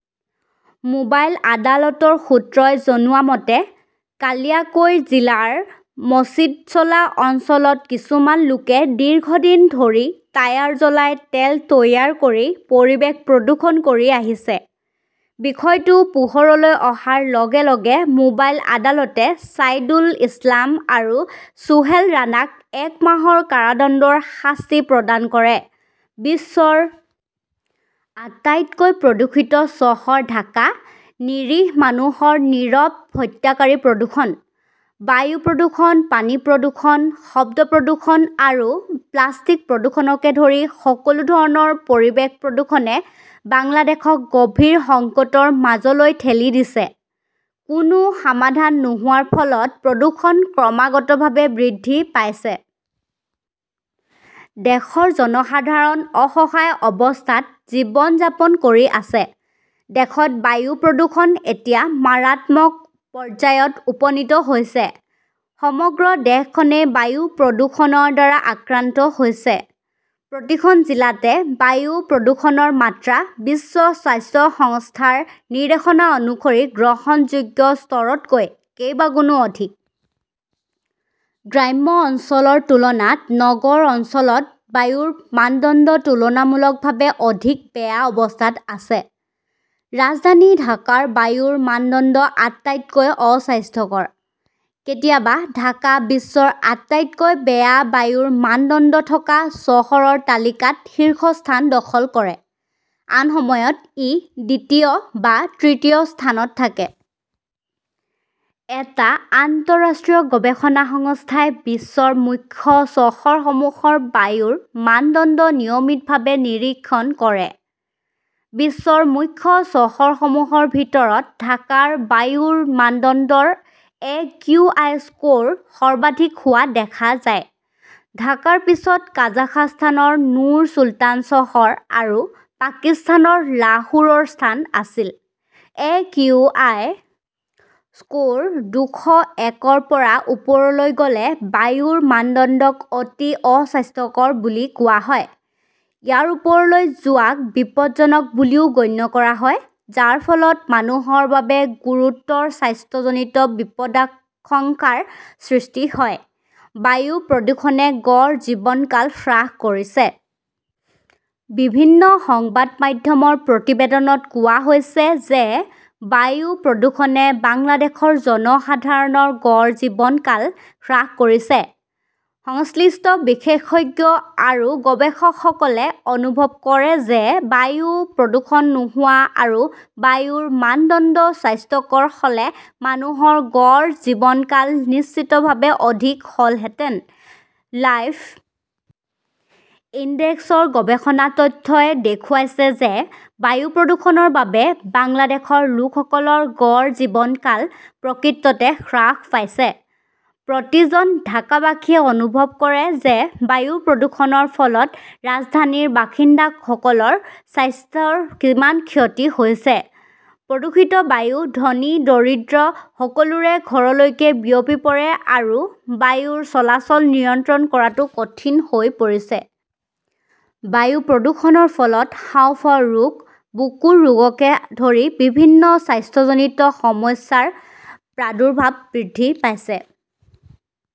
Mobile আদালতৰ সূত্ৰই জনোৱা মতে, কালিয়াকৈৰ জিলাৰ মজিদচলা অঞ্চলত কিছুমান লোকে দীৰ্ঘদিন ধৰি টায়াৰ জ্বলাই তেল তৈয়াৰ কৰি পৰিৱেশ প্ৰদূষণ কৰি আহিছে। বিষয়টো পোহৰলৈ অহাৰ লগে লগে মোবাইল আদালতে ছাইদুল ইছলাম আৰু চোহেল ৰাণাক এক মাহৰ কাৰাদণ্ডৰ শাস্তি প্ৰদান কৰে। বিশ্বৰ আটাইতকৈ প্ৰদূষিত চহৰ ঢাকা, নিৰীহ মানুহৰ নীৰৱ হত্যাকাৰী প্ৰদূষণ। বায়ু প্ৰদূষণ, পানী প্ৰদূষণ, শব্দ প্ৰদূষণ আৰু প্লাষ্টিক প্ৰদূষণকে ধৰি সকলো ধৰণৰ পৰিৱেশ প্ৰদূষণে বাংলাদেশক গভীৰ সংকটৰ মাজলৈ ঠেলি দিছে। কোনো সমাধান নোহোৱাৰ ফলত প্ৰদূষণ ক্ৰমাগতভাৱে বৃদ্ধি পাইছে। দেশৰ জনসাধাৰণ অসহায় অৱস্থাত জীৱন যাপন কৰি আছে। দেশত বায়ু প্ৰদূষণ এতিয়া মাৰাত্মক পৰ্যায়ত উপনীত হৈছে। সমগ্ৰ দেশখনেই বায়ু প্ৰদূষণৰ দ্বাৰা আক্ৰান্ত হৈছে। প্ৰতিখন জিলাতে বায়ু প্ৰদূষণৰ মাত্ৰা বিশ্ব স্বাস্থ্য সংস্থাৰ নিৰ্দেশনা অনুসৰি গ্ৰহণযোগ্য স্তৰতকৈ কেইবাগুণো অধিক। গ্ৰাম্য অঞ্চলৰ তুলনাত নগৰ অঞ্চলত বায়ুৰ মানদণ্ড তুলনামূলকভাৱে অধিক বেয়া অৱস্থাত আছে। ৰাজধানী ঢাকাৰ বায়ুৰ মানদণ্ড আটাইতকৈ অস্বাস্থ্যকৰ। কেতিয়াবা ঢাকা বিশ্বৰ আটাইতকৈ বেয়া বায়ুৰ মানদণ্ড থকা চহৰৰ তালিকাত শীৰ্ষস্থান দখল কৰে। আন সময়ত ই দ্বিতীয় বা তৃতীয় স্থানত থাকে। এটা আন্তঃৰাষ্ট্ৰীয় গৱেষণা সংস্থাই বিশ্বৰ মুখ্য চহৰসমূহৰ বায়ুৰ মানদণ্ড নিয়মিতভাৱে নিৰীক্ষণ কৰে। বিশ্বৰ মুখ্য চহৰসমূহৰ ভিতৰত ঢাকাৰ বায়ুৰ মানদণ্ডৰ একিউআই স্কোৰ সৰ্বাধিক হোৱা দেখা যায়। ঢাকাৰ পিছত কাজাখস্তানৰ নুৰ চুলতান চহৰ আৰু পাকিস্তানৰ লাহোৰৰ স্থান আছিল। একিউআই স্কোৰ দুশ একৰ পৰা ওপৰলৈ গ'লে বায়ুৰ মানদণ্ডক অতি অস্বাস্থ্যকৰ বুলি কোৱা হয়। ইয়াৰ ওপৰলৈ যোৱাক বিপদজনক বুলিও গণ্য কৰা হয়, যাৰ ফলত মানুহৰ বাবে গুৰুতৰ স্বাস্থ্যজনিত বিপদাশংকাৰ সৃষ্টি হয়। বায়ু প্ৰদূষণে গড় জীৱনকাল হ্ৰাস কৰিছে। বিভিন্ন সংবাদ মাধ্যমৰ প্ৰতিবেদনত কোৱা হৈছে যে বায়ু প্ৰদূষণে বাংলাদেশৰ জনসাধাৰণৰ গড় জীৱনকাল হ্ৰাস কৰিছে। সংশ্লিষ্ট বিশেষজ্ঞ আৰু গৱেষকসকলে অনুভৱ কৰে যে বায়ু প্ৰদূষণ নোহোৱা আৰু বায়ুৰ মানদণ্ড স্বাস্থ্যকৰ হ'লে মানুহৰ গড় জীৱনকাল নিশ্চিতভাৱে অধিক হ'লহেঁতেন। লাইফ ইনডেক্সৰ গৱেষণা তথ্যই দেখুৱাইছে যে বায়ু প্ৰদূষণৰ বাবে বাংলাদেশৰ লোকসকলৰ গড় জীৱনকাল প্ৰকৃততে হ্ৰাস পাইছে। প্ৰতিজন ঢাকাবাসীয়ে অনুভৱ কৰে যে বায়ু প্ৰদূষণৰ ফলত ৰাজধানীৰ বাসিন্দাসকলৰ স্বাস্থ্যৰ কিমান ক্ষতি হৈছে। প্ৰদূষিত বায়ু ধনী দৰিদ্ৰ সকলোৰে ঘৰলৈকে বিয়পি পৰে আৰু বায়ুৰ চলাচল নিয়ন্ত্ৰণ কৰাটো কঠিন হৈ পৰিছে। বায়ু প্ৰদূষণৰ ফলত হাঁওফাঁওৰ ৰোগ, বুকুৰ ৰোগকে ধৰি বিভিন্ন স্বাস্থ্যজনিত সমস্যাৰ প্ৰাদুৰ্ভাৱ বৃদ্ধি পাইছে।